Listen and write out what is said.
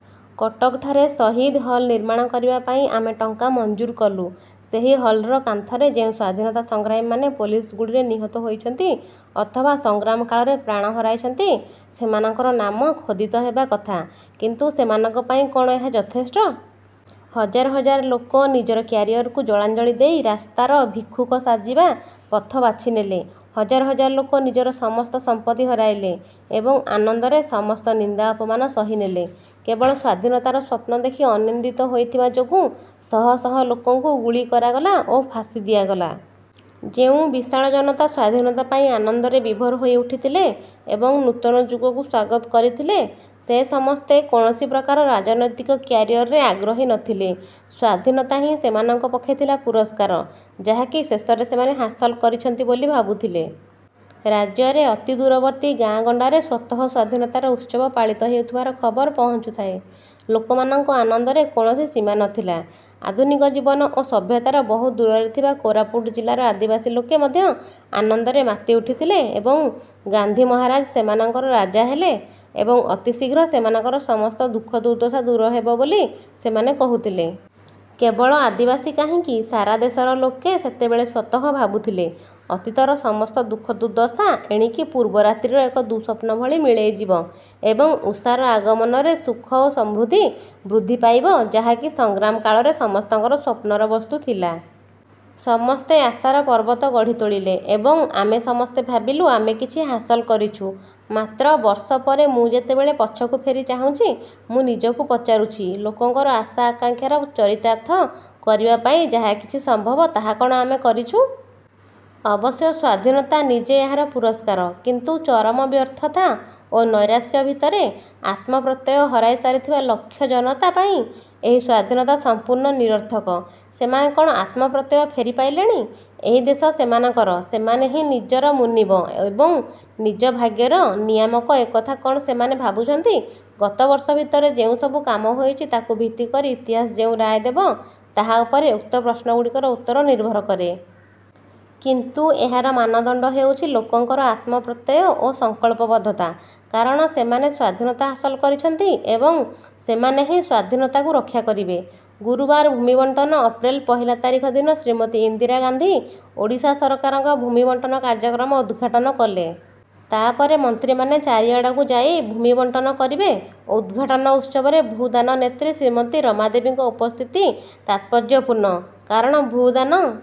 କଟକଠାରେ ଶହୀଦ ହଲ୍ ନିର୍ମାଣ କରିବା ପାଇଁ ଆମେ ଟଙ୍କା ମଞ୍ଜୁର କଲୁ। ସେହି ହଲ୍ର କାନ୍ଥରେ ଯେଉଁ ସ୍ୱାଧୀନତା ସଂଗ୍ରାମୀମାନେ ପୋଲିସ ଗୁଳିରେ ନିହତ ହୋଇଛନ୍ତି; ଅଥବା ସଂଗ୍ରାମ କାଳରେ ପ୍ରାଣ ହରାଇଛନ୍ତି, ସେମାନଙ୍କର ନାମ ଖୋଦିତ ହେବା କଥା; କିନ୍ତୁ ସେମାନଙ୍କ ପାଇଁ କ'ଣ ଏହା ଯଥେଷ୍ଟ? ହଜାର ହଜାର ଲୋକ ନିଜର 'କ୍ୟାରିଅର'କୁ ଜଳାଞ୍ଜଳି ଦେଇ ରାସ୍ତାର ଭିକ୍ଷୁକ ସାଜିବା ପଥ ବାଛିନେଲେ। ହଜାର ହଜାର ଲୋକ ନିଜର ସମସ୍ତ ସମ୍ପତ୍ତି ହରାଇଲେ ଏବଂ ଆନନ୍ଦରେ ସମସ୍ତ ନିନ୍ଦା ଅପମାନ ସହି ନେଲେ। କେବଳ ସ୍ୱାଧୀନତାର ସ୍ୱପ୍ନ ଦେଖି ଆନନ୍ଦିତ ହୋଇଥିବା ଯୋଗୁଁ ଶହ ଶହ ଲୋକଙ୍କୁ ଗୁଳି କରାଗଲା ଓ ଫାଶୀ ଦିଆଗଲା। ଯେଉଁ ବିଶାଳ ଜନତା ସ୍ୱାଧୀନତା ପାଇଁ ଆନନ୍ଦରେ ବିଭୋର ହୋଇ ଉଠିଥିଲେ ଏବଂ ନୂତନ ଯୁଗକୁ ସ୍ୱାଗତ କରିଥିଲେ, ସେ ସମସ୍ତେ କୌଣସି ପ୍ରକାର ରାଜନୈତିକ କ୍ୟାରିଅରରେ ଆଗ୍ରହୀ ନଥିଲେ। ସ୍ୱାଧୀନତା ହିଁ ସେମାନଙ୍କ ପକ୍ଷେ ଥିଲା ପୁରସ୍କାର ଯାହାକି ଶେଷରେ ସେମାନେ ହାସଲ କରିଛନ୍ତି ବୋଲି ଭାବୁଥିଲେ। ରାଜ୍ୟର ଅତି ଦୂରବର୍ତ୍ତୀ ଗାଁ ଗଣ୍ଡାରେ ସ୍ୱତଃ ସ୍ୱାଧୀନତାର ଉତ୍ସବ ପାଳିତ ହେଉଥିବାର ଖବର ପହଞ୍ଚୁଥାଏ। ଲୋକମାନଙ୍କ ଆନନ୍ଦର କୌଣସି ସୀମା ନଥିଲା। ଆଧୁନିକ ଜୀବନ ଓ ସଭ୍ୟତାର ବହୁ ଦୂରରେ ଥିବା କୋରାପୁଟ ଜିଲ୍ଲାର ଆଦିବାସୀ ଲୋକେ ମଧ୍ୟ ଆନନ୍ଦରେ ମାତି ଉଠିଥିଲେ ଏବଂ ଗାନ୍ଧି ମହାରାଜ ସେମାନଙ୍କର ରାଜା ହେଲେ ଏବଂ ଅତି ଶୀଘ୍ର ସେମାନଙ୍କର ସମସ୍ତ ଦୁଃଖ ଦୁର୍ଦ୍ଦଶା ଦୂର ହେବ ବୋଲି ସେମାନେ କହୁଥିଲେ। କେବଳ ଆଦିବାସୀ କାହିଁକି ସାରା ଦେଶର ଲୋକେ ସେତେବେଳେ ସ୍ୱତଃ ଭାବୁଥିଲେ, ଅତୀତର ମସସ୍ତ ଦୁଃଖ ଦୁର୍ଦ୍ଦଶା ଏଣିକି ପୂର୍ବରାତ୍ରିର ଏକ ଦୁଃସ୍ୱପ୍ନ ଭଳି ମିଳେଇଯିବ ଏବଂ ଉଷାର ଆଗମନରେ ସୁଖ ଓ ସମୃଦ୍ଧି ବୃଦ୍ଧି ପାଇବ ଯାହା କି ସଂଗ୍ରାମ କାଳରେ ସମସ୍ତଙ୍କର ସ୍ୱପ୍ନର ବସ୍ତୁ ଥିଲା। ସମସ୍ତେ ଆଶାର ପର୍ବତ ଗଢ଼ି ତୋଳିଲେ ଏବଂ ଆମେ ସମସ୍ତେ ଭାବିଲୁ ଆମେ କିଛି ହାସଲ କରିଛୁ। ମାତ୍ର ବର୍ଷ ପରେ ମୁଁ ଯେତେବେଳେ ପଛକୁ ଫେରି ଚାହୁଁଛି, ମୁଁ ନିଜକୁ ପଚାରୁଛି, ଲୋକଙ୍କର ଆଶା ଆକାଙ୍କ୍ଷାକୁ ଚରିତାର୍ଥ କରିବା ପାଇଁ ଯାହା କିଛି ସମ୍ଭବ ତାହା କ'ଣ ଆମେ କରିଛୁ? ଅବଶ୍ୟ ସ୍ୱାଧୀନତା ନିଜେ ଏହାର ପୁରସ୍କାର; କିନ୍ତୁ ଚରମ ବ୍ୟର୍ଥତା ଓ ନୈରାଶ୍ୟ ଭିତରେ ଆତ୍ମପ୍ରତ୍ୟୟ ହରାଇ ସାରିଥିବା ଲକ୍ଷ ଜନତା ପାଇଁ ଏହି ସ୍ୱାଧୀନତା ସମ୍ପୂର୍ଣ୍ଣ ନିରର୍ଥକ। ସେମାନେ କଣ ଆତ୍ମପ୍ରତ୍ୟୟ ଫେରି ପାଇଲେଣି। ଏହି ଦେଶ ସେମାନଙ୍କର- ସେମାନେ ହିଁ ନିଜର ମୁନିବ ଏବଂ ନିଜ ଭାଗ୍ୟର ନିୟାମକ ଏକଥା କଣ ସେମାନେ ଭାବୁଛନ୍ତି ଗତ ବର୍ଷ ଭିତରେ ଯେଉଁ ସବୁ କାମ ହୋଇଛି ତାକୁ ଭିତ୍ତି କରି ଇତିହାସ ଯେଉଁ ରାୟ ଦେବ ତାହା ଉପରେ ଉକ୍ତ ପ୍ରଶ୍ନ ଗୁଡ଼ିକର ଉତ୍ତର ନିର୍ଭର କରେ। କିନ୍ତୁ ଏହାର ମାନଦଣ୍ଡ ହେଉଛି ଲୋକଙ୍କର ଆତ୍ମପ୍ରତ୍ୟୟ ଓ ସଂକଳ୍ପବଦ୍ଧତା, କାରଣ ସେମାନେ ସ୍ୱାଧୀନତା ହାସଲ କରିଛନ୍ତି ଏବଂ ସେମାନେ ହିଁ ସ୍ୱାଧୀନତାକୁ ରକ୍ଷାକରିବେ। ଗୁରୁବାର ଭୂମି ବଣ୍ଟନ ଅପ୍ରେଲ ପହିଲା ତାରିଖ ଦିନ ଶ୍ରୀମତୀ ଇନ୍ଦିରା ଗାନ୍ଧୀ ଓଡ଼ିଶା ସରକାରଙ୍କ ଭୂମି ବଣ୍ଟନ କାର୍ଯ୍ୟକ୍ରମ ଉଦ୍ଘାଟନ କଲେ। ତା'ପରେ ମନ୍ତ୍ରୀମାନେ ଚାରିଆଡ଼କୁ ଯାଇ ଭୂମି ବଣ୍ଟନ କରିବେ। ଉଦ୍ଘାଟନ ଉତ୍ସବରେ ଭୂଦାନ ନେତ୍ରୀ ଶ୍ରୀମତୀ ରମା ଦେବୀଙ୍କ ଉପସ୍ଥିତି ତାତ୍ପର୍ଯ୍ୟପୂର୍ଣ୍ଣ। କାରଣ ଭୂଦାନ